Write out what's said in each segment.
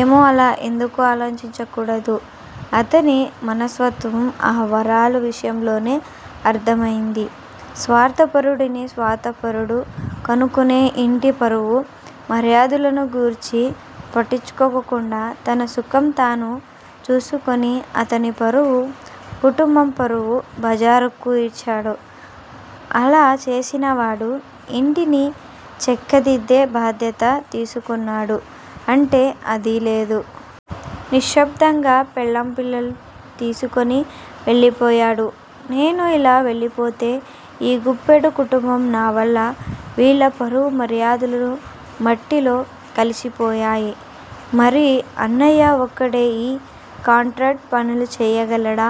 ఏమో అలా ఎందుకు ఆలోచించకూడదు? అతని మనస్తత్వం ఆ వరాలు విషయంలోనే అర్ధమయింది స్వార్ధపరుడని. స్వార్ధపరుడు కనుకనే ఇంటి పరువు మర్యాదలను గూర్చి పట్టించుకోకుండా తన సుఖం తానూ చూసుకుని అతని పరువు, కుటుంబ పరువు బజారుకు ఈడ్చాడు. అలా చేసిన వాడు ఇంటిని చక్కదిద్దే భాద్యత తీసుకున్నాడు అంటే అది లేదు. నిశ్శబ్దంగా పెళ్ళాం పిల్లలను తీసుకుని వెళ్ళిపోయాడు. నేను ఇలా వెళ్ళిపోతే ఈ గంపెడు కుటుంబం నా వల్ల వీళ్ళ పరువు మర్యాదలు మట్టిలో కలిసిపోయాయి, మరి అన్నయ్య ఒక్కడే ఈ కాంట్రాక్టు పనులు చేయగలడా?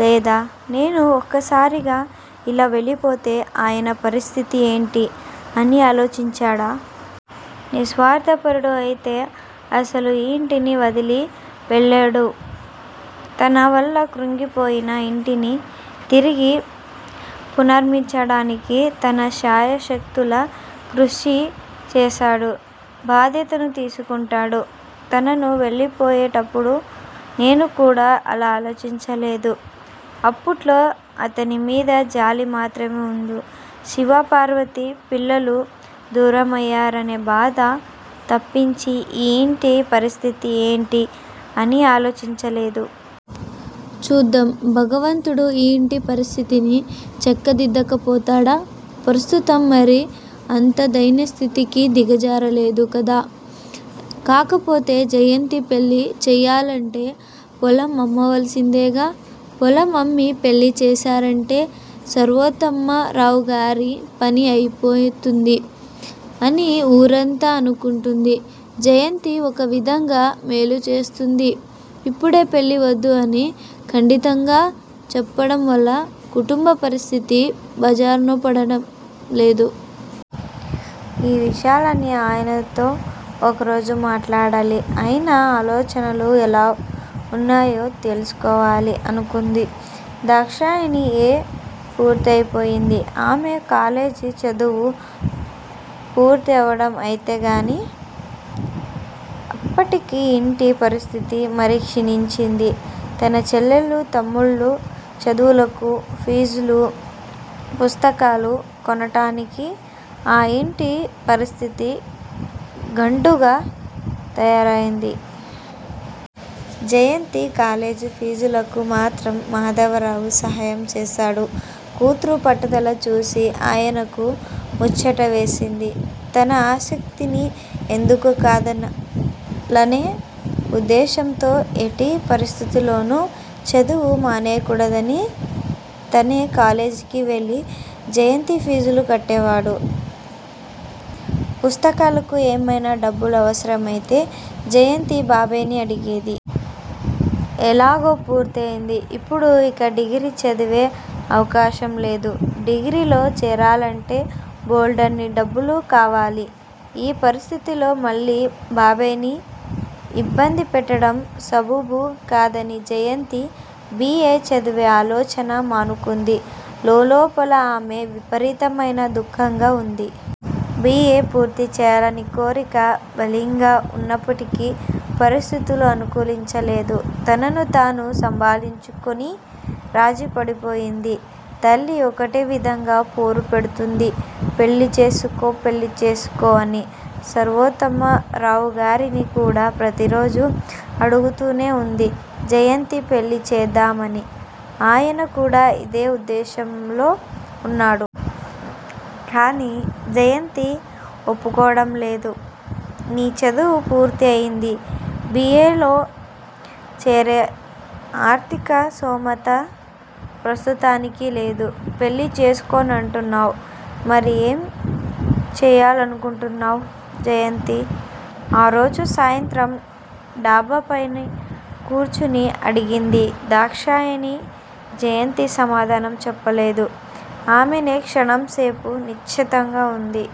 లేదా? నేను ఒకేసారిగా ఇలా వెళ్ళిపోతే అయన పరిస్థితి ఏంటి అని ఆలోచించాడా? నిస్వార్ధపరుడు అయితే అసలు ఈ ఇంటిని వదిలి వవెళ్ళడు. తన వల్ల కుంగిపోయిన ఇంటిని తిరిగి పునఃనిర్మించటానికి తన శాయశక్తులా కృషి చేస్తాడు. భాద్యతను తీసుకుంటాడు. అతను వెళ్ళిపోయేటప్పుడు నేను కూడా అలా ఆలోచించలేదు. అప్పట్లో అతని మీద జాలి మాత్రమే వుంది. శివపార్వతి పిల్లలు దూరమయ్యరనే బాధ తప్పించి ఈ ఇంటి పరిస్థితి ఏంటి అని ఆలోచించలేదు. చూద్దాం భగవంతుడు ఈ ఇంటి పరిస్థితిని చక్కదిద్దకపోతాడా? ప్రస్తుతం మరీ అంత దైన్యస్థితికి దిగజారలేదు కదా? కాకపొతే జయంతి పెళ్ళి చేయాలంటే పొలం అమ్మవలసిందేగా. పొలం అమ్మి పెళ్ళి చేశారంటే సర్వోత్తమరావుగారి పని అయిపోతుంది అని ఊరంతా అనుకుంటుంది. జయంతి ఒక విధంగా మేలేచేస్తుంది. ఇప్పుడే పెళ్ళి వద్దు అని ఖండితంగా చెప్పటంవల్ల కుటుంబపరిస్థితి బజారున పడటంలేదు. ఈ విషయాలన్నీ ఆయనతో ఓరోజు మాట్లాడాలి. అయన ఆలోచనలు ఎలా వున్నాయో తెలుసుకోవాలి అనుకుంది దాక్షాయణి. ఎ. పూర్తయిపోయింది. ఆమె కాలేజి చదువు పుర్తవటం అయితే అయింది, గానీ అప్పటికి ఇంటి పరిస్థితి మరీ క్షిణించింది, తన చెల్లెలు తమ్ముళ్ళు చదువులకు ఫీజులు, పుస్తకాలు కొనటానికి ఆ ఇంటి పరిస్థితి గడ్డుగా తయారయింది. జయంతి కాలేజి ఫీజులకు మాత్రం మాధవరావు సహాయం చేశాడు. కూతురు పట్టుదల చూసి ఆయనకు ముచ్చట వేసింది. తన ఆసక్తిని ఎందుకు కాదనలనే ఉద్దేశంతో ఎట్టి పరిస్థితిల్లోను చదువు మానేయకుడదని తనే కాలేజికి వెళ్ళి జయంతి ఫీజులు కట్టేవాడు. పుస్తకాలకు ఏమైనా డబ్బు అవసరమైతే జయంతి బాబాయ్ ని అడిగేది. ఎలాగో పూర్తయింది. ఇప్పుడు ఇక డిగ్రి చదివే అవకాశం లేదు. డిగ్రీలో చేరాలంటే బోల్డన్ని డబ్బులు కావాలి. ఈ పరిస్థితుల్లో మళ్ళీ బాబాయ్ ని ఇబ్బంది పెట్టడం సబబు కాదని జయంతి బి. ఎ. చదివే ఆలోచన మానుకుంది. లోలోపల ఆమెకు విపరీతమైన దుఃఖంగా వుంది. బి. ఎ. పూర్తిచేయాలనే కోరిక బలీయంగా వున్నప్పటికీ పరిస్థితులు అనుకూలించలేదు. తనను తాను సంభాళించుకుని రాజీపడిపోయింది. తల్లీ ఒకటే విధంగా పోరుపెడుతుంది పెళ్ళి చేసుకో, పెళ్ళి చేసుకో అని, సర్వోత్తమరావుగారిని కూడా ప్రతిరోజూ అడుగుతూనే వుంది జయంతి పెళ్ళిచేద్దామని. అయన కూడా అదే వుద్దేశంలో వున్నాడు. కానీ జయంతి ఒప్పుకోవటంలేదు. నీ చదువు పూర్తయింది. బి. ఎ. లో చేరే ఆర్ధిక స్థోమత ప్రస్తుతానికి లేదు. పెళ్ళిచేసుకోనంటున్నావు మరి ఏం చేయాలనుకుంటున్నావు జయంతీ? ఆరోజు సాయంత్రం డాబాపైన కూర్చుని అడిగింది దాక్షాయణి. జయంతి సమాధానం చెప్పలేదు. ఆమెనే క్షణం సేపు నిశితంగా చూసింది.